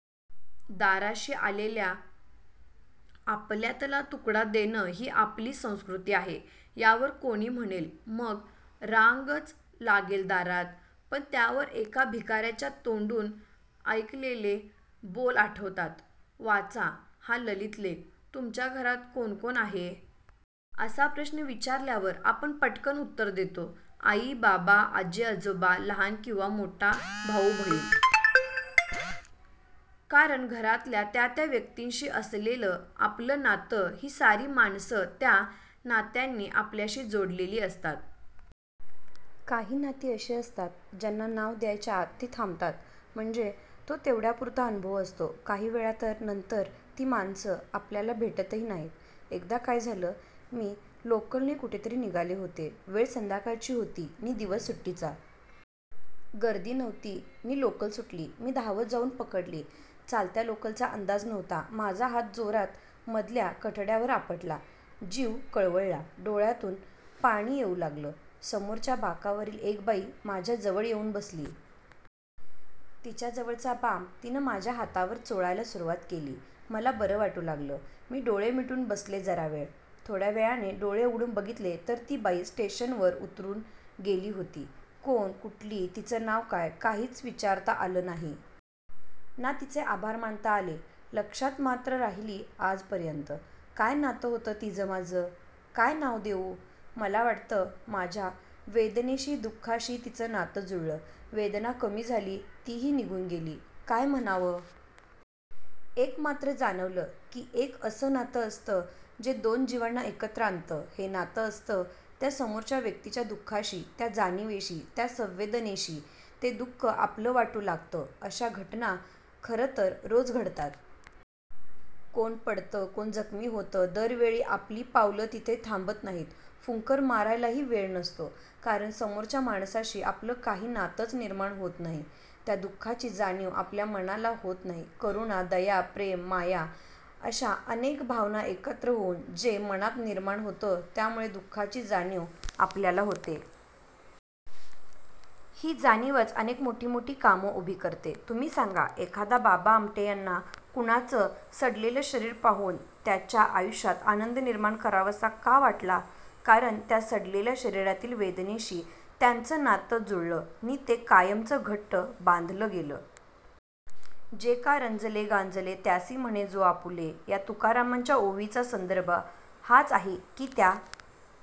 दाराशी आलेल्याला आपल्यातला तुकडा देणं ही आपली संस्कृती आहे. यावर कोणी म्हणेल, 'मग रांगच लागेल दारात! ' पण त्यावर एका भिकार्याच्या तोंडून ऐकलेले बोल आठवतात... वाचा, हा ललित लेख- "तुमच्या घरात कोण कोण आहे? " असा प्रश्न विचारल्यावर आपण पटकन उत्तर देतो –" आई, बाबा, आजी, आजोबा, लहान किंवा मोठा भाऊ-बहीण! " कारण घरातल्या त्या त्या व्यक्तींशी असलेलं आपलं नातं. ही सारी माणसं या नात्यांनी आपल्याशी जोडलेली असतात. काही नाती अशी असतात, ज्यांना नाव द्यायच्या आत ती थांबतात. म्हणजे तो तेवढ्यापुरता अनुभव असतो. काही वेळा तर नंतर ती माणसं आपल्याला भेटतही नाहीत. एकदा काय झालं, मी लोकलने कुठेतरी निघाले होते. वेळ संध्याकाळची होती नि दिवस सुट्टीचा. गर्दी नव्हती नि लोकल सुटली. मी धावत जाऊन पकडली. चालत्या लोकलचा अंदाज नव्हता. माझा हात जोरात मधल्या कठड्यावर आपटला. जीव कळवळला. डोळ्यांतून पाणी येऊ लागलं. समोरच्या बाकावरील एक बाई माझ्या जवळ येऊन बसली. तिच्याजवळचा बाम तिनं माझ्या हातावर चोळायला सुरुवात केली. मला बरं वाटू लागलं. मी डोळे मिटून बसले जरा वेळ. थोड्या वेळाने डोळे उघडून बघते तर ती बाई स्टेशनवर उतरून गेली होती. कोण, कुठली, तिचं नाव काय, काहीच विचारता आलं नाही. ना तिचे आभार मानता आले. लक्षात मात्र राहिली आजपर्यंत. काय नातं होतं तिचं माझं? काय नाव देऊ? मला वाटतं माझ्या वेदनेशी, दु:खाशी तिचं नातं जुळलं. वेदना कमी झाली, तीही निघून गेली. काय म्हणावं? एक मात्र जाणवलं की एक असं नातं असतं, जे दोन जिवांना एकत्र आणतं. हे नातं असतं त्या समोरच्या व्यक्तीच्या दु:खाशी... त्या जाणिवेशी, त्या संवेदनेशी. ते दु:ख आपलं वाटू लागतं. अशा घटना खरंतर रोज घडतात. कोण पडतं, कोण जखमी होतं, दर वेळी आपली पावलं तिथे थांबत नाहीत. फुंकर मारायलाही वेळ नसतो, कारण समोरच्या माणसाशी आपलं काही नातंच निर्माण होत नाही. त्या दु:खाची जाणीव आपल्या मनाला होत नाही. करुणा, दया, प्रेम, माया अशा अनेक भावना एकत्र होऊन जे मनात निर्माण होतं, त्यामुळे दु:खाची जाणीव आपल्याला होते. ही जाणीवच अनेक मोठी मोठी कामं उभी करते. तुम्ही सांगा, एखाद्या बाबा आमटे यांना कुणाचं सडलेलं शरीर पाहून त्याच्या आयुष्यात आनंद निर्माण करावासा का वाटला? कारण त्या सडलेल्या शरीरातील वेदनेशी त्यांचं नातं जुळलं नि ते कायमचं घट्ट बांधलं गेलं. 'जे का रंजले गांजले, त्यासी म्हणे जो आपुले' या तुकारामांच्या ओवीचा संदर्भ हाच आहे की, त्या